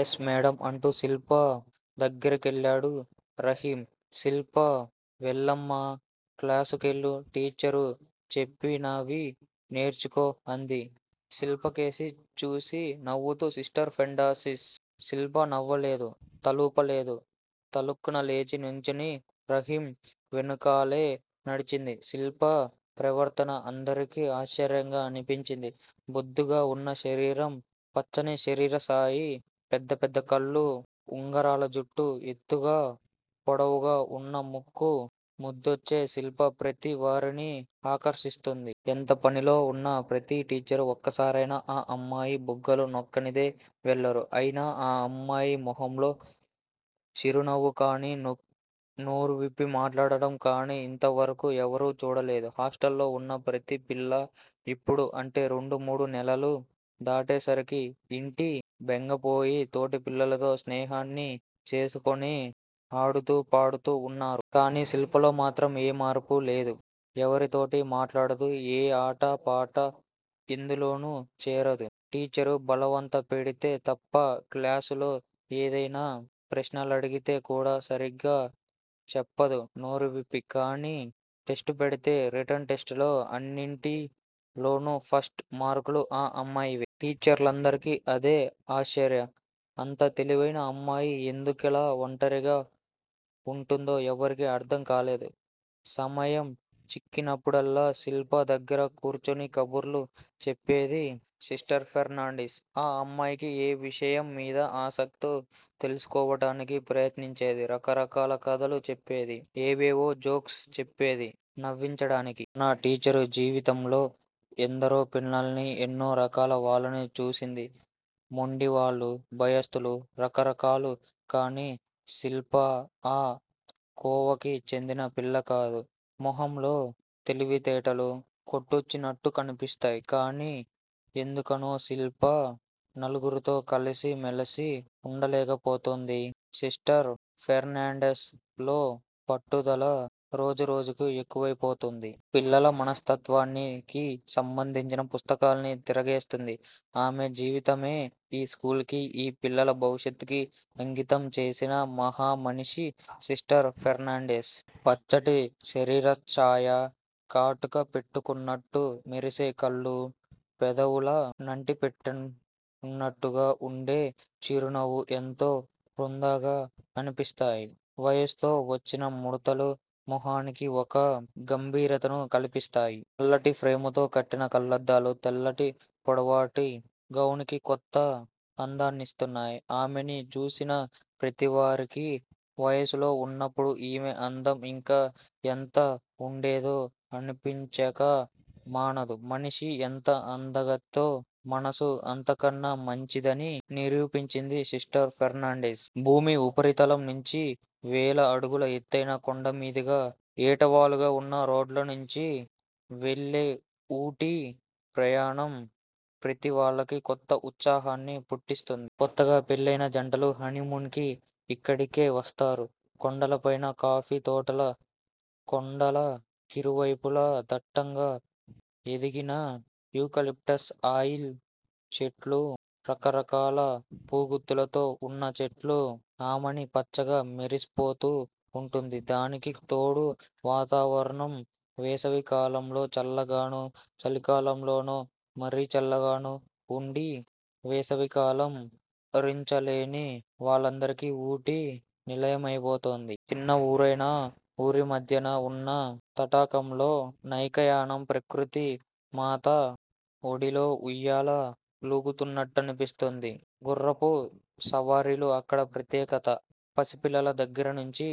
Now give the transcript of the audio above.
Yes madam అంటూ శిల్ప దగ్గరికెళ్ళాడు రహీం. శిల్పా వెళ్ళమ్మా. క్లాసుకెళ్ళి టీచరు చెప్పినవి నేర్చుకో అంది శిల్పకేసి చూసి నవ్వుతూ సిస్టర్ ఫెర్నాండిస్. శిల్ప నవ్వలేదు! తలూపలేదు! టక్కున లేచి నుంచుని రహీం వెనకాలే నడిచింది. శిల్ప ప్రవర్తన అందరికీ ఆశ్చర్యంగా అనిపించింది. బొద్దుగా వున్న శరీరం, పచ్చని శరీరచ్ఛాయి, పెద్ద పెద్ద కళ్లూ, ఉంగరాల జుట్టూ, ఎత్తుగా పొడవుగా వున్న ముక్కూ, ముద్దొచ్చే శిల్ప ప్రతి వారినీ ఆకర్షిస్తుంది. ఎంత పనిలో వున్నా ప్రతి టీచరు ఒక్కసారైనా ఆ అమ్మాయి బుగ్గలు నొక్కనిదే వెళ్ళరు. అయినా ఆ అమ్మాయి మొహంలో చిరునవ్వుకాని, నోరువిప్పి మాట్లాడ్డం కాని ఇంతవరకూ ఎవ్వరూ చూడలేదు. హాస్టల్లో వున్న ప్రతీ పిల్లా ఇప్పుడు, అంటే రెండు మూడు నెలలు దాటేసరికి ఇంటి బెంగపోయి, తోటిపిల్లలతో స్నేహాన్ని చేసుకుని ఆడుతూ పాడుతూ వున్నారు. కాని శిల్పలోమాత్రం ఏ మార్పూ లేదు. ఎవ్వరితోటీ మాట్లాడదు. ఏ ఆట పాట ఎందులోనూ చేరదు. టీచరు బలవంత పెడితే తప్ప క్లాసులో ఏదైనా ప్రశ్నలడిగితే కూడా సరిగ్గా చెప్పదు నోరువిప్పి. కానీ టెస్టు పెడితే రిటన్ టెస్టులో అన్నింటిలోనూ ఫస్టు మార్కులు ఆ అమ్మాయివే. టీచర్లందరికీ అదే ఆశ్చర్యం. అంత తెలివైన అమ్మాయి ఎందుకలా ఒంటరిగా వుంటుందో ఎవ్వరికీ అర్థం కాలేదు. సమయం చిక్కినప్పుడల్లా, శిల్ప దగ్గర కూర్చుని కబుర్లు చెప్పేది సిస్టర్ ఫెర్నాండిస్. ఆ అమ్మాయికి ఏ విషయంమీద ఆసక్తో తెలుసుకోవడానికి ప్రయత్నించేది. రకరకాల కథలు చెప్పేది. ఏవేవో జోక్స్ చెప్పేది నవ్వించడానికి. తన టీచరు జీవితంలో ఎందరో పిల్లల్ని, ఎన్నో రకాల వాళ్ళని చూసింది. మొండివాళ్లూ, భయస్థులూ, రకరకాలు! కానీ శిల్ప ఆ కోవకి చెందిన పిల్లకాదు. మొహంలో తెలివితేటలు కొట్టొచ్చినట్టు కనిపిస్తయ్! కానీ ఎందుకనో శిల్ప నలుగురితో కలిసి మెలసి ఉండలేకపోతోంది. సిస్టర్ ఫెర్నాండిస్ లో పట్టుదల రోజురోజుకీ ఎక్కువ అయిపోతుంది. పిల్లల మనస్తత్వానికి సంబంధించిన పుస్తకాలన్నీ తిరగేస్తోంది. ఆమె జీవితమే ఈ స్కూలుకీ ఈ పిల్లల భవిష్యత్తుకీ అంకితం చేసిన మహామనిషి సిస్టర్ ఫెర్నాండిస్. పచ్చటి శరీరచ్ఛాయ, కాటిక పెట్టుకున్నట్టున్న మెరిసే కళ్ళూ, పెదవుల నంటిపెట్టుకున్నట్టుగా ఉండే చిరునవ్వూ ఎంతో హుందాగా అనిపిస్తాయి! వయస్సుతో వొచ్చిన ముడతలు మొహానికి ఒక గంభీరతని కలిపిస్తాయి. నల్లటి ఫ్రేముతో కట్టిన కళ్ళద్దాలు, తెల్లటి పొడవాటి గౌనుకి కొత్త అందాన్నిస్తున్నాయి. ఆమెని చూసిన ప్రతివారికీ, 'వయస్సులో వున్నప్పుడు ఈమె అందం ఇంకా ఎంత ఉండేదో' అనిపించక మానదు! మనిషి ఎంత అందగత్తో, మనసు అంతకన్నా మంచిదని నిరూపించింది సిస్టర్ ఫెర్నాండిస్. భూమి ఉపరితలం నుంచి వేల అడుగుల ఎత్తుపైన, కొండమీదుగా ఏటవాలుగా వున్న రోడ్లపైనుంచి వెళ్ళే ఊటీ ప్రయాణం, ప్రతీవాళ్ళకీ కొత్త ఉత్సాహాన్ని పుట్టిస్తుంది. కొత్తగా పెళ్ళయిన జంటలు హనీమూన్ కి ఇక్కడికే వస్తారు. కొండలపైన కాఫీ తోటలు కొండల కిరువైపులా దట్టంగా ఎదిగిన 'యూకలిప్టస్ ఆయిల్' చెట్లూ, రకరకాల పూగుత్తులతో వున్న చెట్లూ, ఆమని పచ్చగా మెరిసిపోతూ వుంటుంది. దానికి తోడు వాతావరణం, వేసవి కాలంలో చల్లగానూ, చలికాలంలో మరీ చల్లగానూ వుండి, వేసవికాలం భరించలేని వాళ్ళందరికీ ఊటీ నిలయమైపోతుంది. చిన్న ఊరైనా, ఊరిమధ్యన వున్న తటాకంలో నౌకాయానం, ప్రకృతి మాత ఒడిలో ఉయ్యాల లూగుతున్నట్టనిపిస్తుంది. గుఱ్ఱపు సవారీలు అక్కడి ప్రత్యేకత. పసిపిల్లల దగ్గరనుంచి,